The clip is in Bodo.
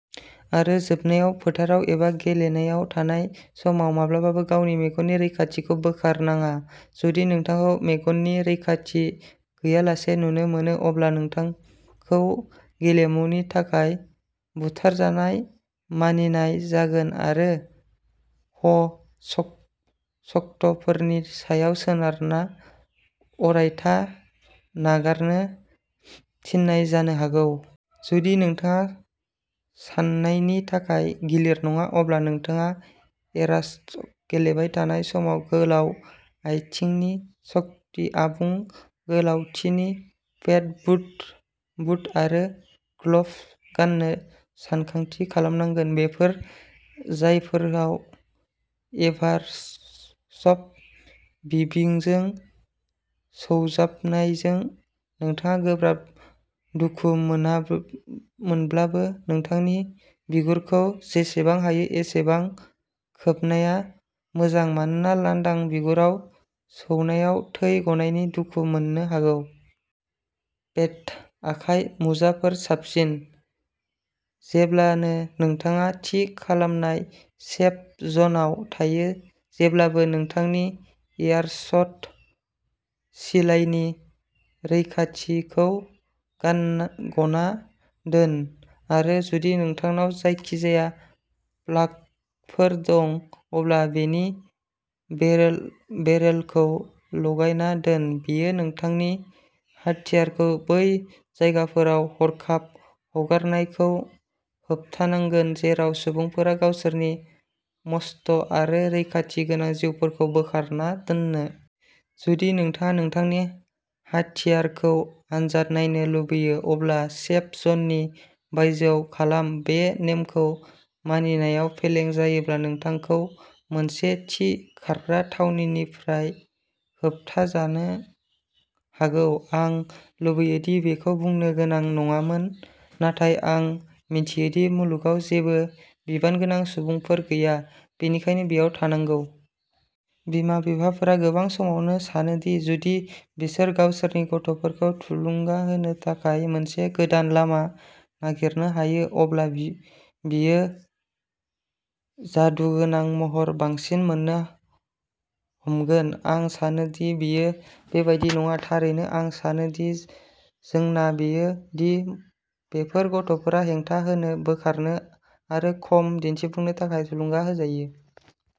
आरो जोबनायाव, फोथाराव एबा गेलेनायाव थानाय समाव माब्लाबाबो गावनि मेगननि रैखाथिखौ बोखारनाङा। जुदि नोंथांखौ मेगननि रैखाथि गैयालासे नुनो मोनो, अब्ला नोंथांखौ गेलेमुनि थाखाय "बुथारजानाय" मानिनाय जागोन आरो, ह'स्टफोरनि सायाव सोनारना, अरायथा नागारनो थिननाय जानो हागौ! जुदि नोंथाङा सानायनि थाखाय गिलिर नङा, अब्ला नोंथाङा एयारसफ्ट गेलेबाय थानाय समाव गोलाव आखान्थिनि शार्ट, आबुं गोलावथिनि पेन्ट, बुट आरो ग्ल'भ्स गान्नो सानथांखि खालामनांगौ। बेफोर जायगाफोराव एयारसफ्ट बिबिजों सौजानायजों नोंथाङा गोब्राब दुखु मोनाब्लाबो, नोंथांनि बिगुरखौ जेसेबां हायो एसेबां खोबनाया मोजां मानोना लांदां बिगुराव सौनायाव थै गनायनि दुखु मोननो हागौ। पेडेड आखाइ मुजाफोरा साबसिन। जेब्लानो नोंथाङा थि खालामजानाय सेफ जनआव थायो, जेब्लाबो नोंथांनि एयारसफ्ट सिलाइनि रैखाथिखौ गानना दोन आरो जुदि नोंथांनाव जायखिजाया प्लागफोर दं, अब्ला बेनि बेरेलखौ लागायना दोन। बेयो नोंथांनि हाथियारखौ बै जायगाफोराव हरखाब हगारनायखौ होबथायगोन जेराव सुबुंफोरा गावसोरनि मास्क आरो रैखाथि गोनां जिफोरखौ बोखारना दोनो। जुदि नोंथाङा नोंथांनि हाथियारखौ आनजाद नायनो लुगैयो, अब्ला सेफ जननि बायजोआव खालाम। बे नेमखौ मानिनायाव फेलें जायोब्ला नोंथांखौ मोनसे थि खारग्रा थावनिनिफ्राय होबथाजानो हागौ। आं लुबैयो दि बेखौ बुंनो गोनां नङामोन, नाथाय आं मिथियो दि मुलुगाव जेबो बिबानगोनां सुबुंफोर गैया, बेनिखायनो बेयाव थांनांगौ। बिमा-बिफाफोरा गोबां समावनो सानो दि जुदि बिसोरो गावसोरनि गथ'खौ थुलुंगा होनो थाखाय मोनसे गोदान लामा नागिरनो हायो, अब्ला बियो जादुगोनां महरै बांसिन मोन्नो हमगोन। आं सानो दि बेयो बेबादि नङा। थारैनो, आं सानो दि जेंनाआ बेनो दि बेफोर गथ'फोरा हेंथा होनो, बोखारनो आरो खम दिन्थिफुंनो थाखाय थुलुंगा होजायो।